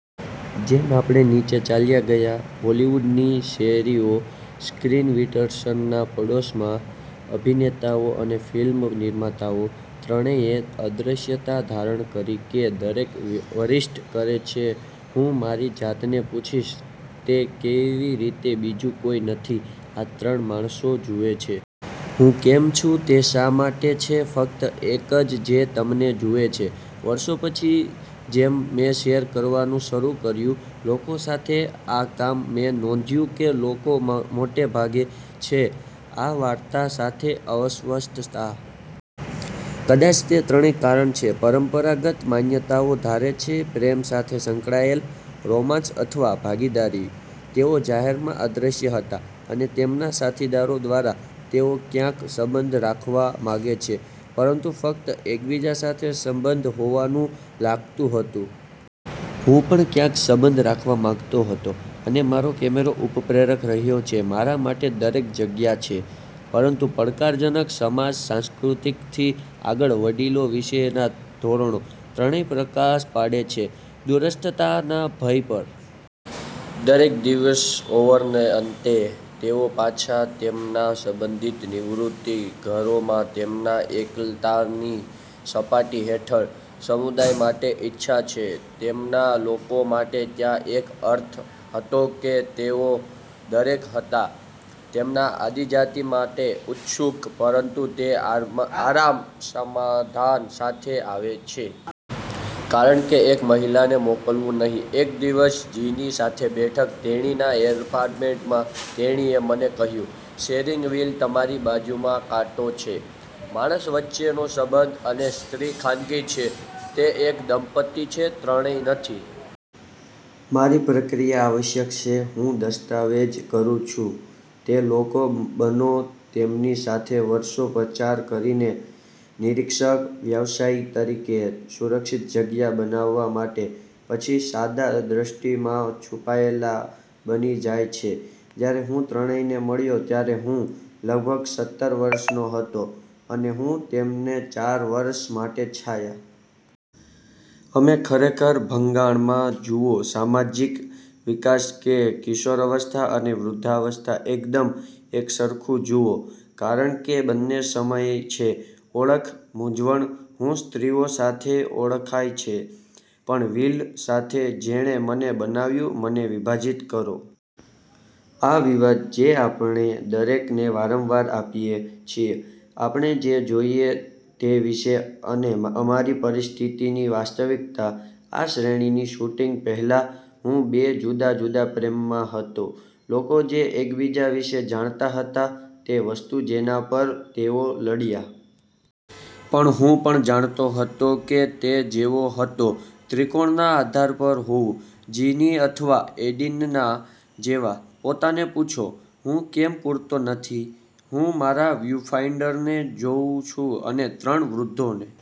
જેમ આપણે નીચે ચાલ્યા ગયા હોલીવૂડની શેરીઓ, સ્ક્રીનવીટર્સના પડોશમાં, અભિનેતાઓ અને ફિલ્મ નિર્માતાઓ, ત્રણેયએ અદ્રશ્યતા ધારણ કરી કે દરેક વરિષ્ઠ કરે છે. હું મારી જાતને પૂછીશ, "તે કેવી રીતે બીજું કોઈ નથી આ ત્રણ માણસો જુએ છે? હું કેમ છું તે શા માટે છે ફક્ત એક જ જે તેમને જુએ છે? " વર્ષો પછી, જેમ મેં શેર કરવાનું શરૂ કર્યું લોકો સાથે આ કામ, મેં નોંધ્યું કે લોકો મોટે ભાગે છે આ વાર્તા સાથે અસ્વસ્થતા. કદાચ તે ત્રણેય કારણ છે પરંપરાગત માન્યતાઓ ધારે છે પ્રેમ સાથે સંકળાયેલ, રોમાંસ અથવા ભાગીદારી. તેઓ જાહેરમાં અદ્રશ્ય હતા અને તેમના સાથીદારો દ્વારા. તેઓ ક્યાંક સંબંધ રાખવા માંગે છે પરંતુ ફક્ત એકબીજા સાથે સંબંધ હોવાનું લાગતું હતું. હું પણ ક્યાંક સંબંધ રાખવા માંગતો હતો. અને મારો કૅમેરો ઉત્પ્રેરક રહ્યો છે મારા માટે દરેક જગ્યાએ છે. પરંતુ પડકારજનક સમાજ-સાંસ્કૃતિકથી આગળ વડીલો વિશેના ધોરણો, ત્રણેય પ્રકાશ પાડે છે દૂરસ્થતા ના ભય પર. દરેક દિવસ ઓવરને અંતે, તેઓ પાછા તેમના સંબંધિત નિવૃત્તિ ઘરોમાં. તેમના એકલતા ની સપાટી હેઠળ, સમુદાય માટે ઇચ્છા છે, તેમના લોકો માટે. ત્યાં એક અર્થ હતો કે તેઓ દરેક હતા તેમના આદિજાતિ માટે ઉત્સુક, પરંતુ તે આરામ સમાધાન સાથે આવે છે,। કારણ કે એક મહિલાને મોકલવું નહીં. એક દિવસ જીની સાથે બેઠક તેણીના ઍપાર્ટમેન્ટમાં, તેણીએ મને કહ્યું, "શેરિંગ વીલ તમારી બાજુમાં કાંટો છે. માણસ વચ્ચેનો સંબંધ અને સ્ત્રી ખાનગી છે. તે એક દંપતિ છે, ત્રણેય નથી. " મારી પ્રક્રિયા આવશ્યક છે હું દસ્તાવેજ કરું છું તે લોકો બનો તેમની સાથે વર્ષો પસાર કરીને નિરીક્ષક-વ્યવસાયી તરીકે, સુરક્ષિત જગ્યા બનાવવા માટે, પછી સાદા દૃષ્ટિ માં છુપાયેલા બની જાય છે. જ્યારે હું ત્રણેયને મળ્યો ત્યારે હું લગભગ સત્તર વર્ષનો હતો, અને હું તેમને ચાર વર્ષ માટે છાયા. અમે ખરેખર, ભંગાણ માં જુઓ સામાજિક વિકાસ, તે કિશોરાવસ્થા અને વૃદ્ધાવસ્થા એકદમ એકસરખું જુઓ, કારણ કે બંને સમય છે ઓળખ મૂંઝવણ. હું સ્ત્રીઓ સાથે ઓળખાય છે. પણ વિલ સાથે, જેણે મને બનાવ્યું મને વિભાજીત કરો. આ વિવાદ જે આપણે દરેકને વારંવાર આપીએ છીએ આપણે જે જોઈએ તે વિશે અને અમારી પરિસ્થિતિની વાસ્તવિકતા. આ શ્રેણીની શૂટિંગ પહેલાં, હું બે જુદા જુદા પ્રેમમાં હતો લોકો જે એકબીજા વિશે જાણતા હતા, તે વસ્તુ જેના પર તેઓ લડ્યા. પણ હું પણ જાણતો હતો કે તે જેવો હતો ત્રિકોણના આધાર પર હોવું, જીની અથવા એડિના જેવા, પોતાને પૂછો, "હું કેમ પૂરતો નથી? " હું મારા વ્યુફાઈન્ડરને જોઉં છું અને ત્રણ વૃદ્ધોને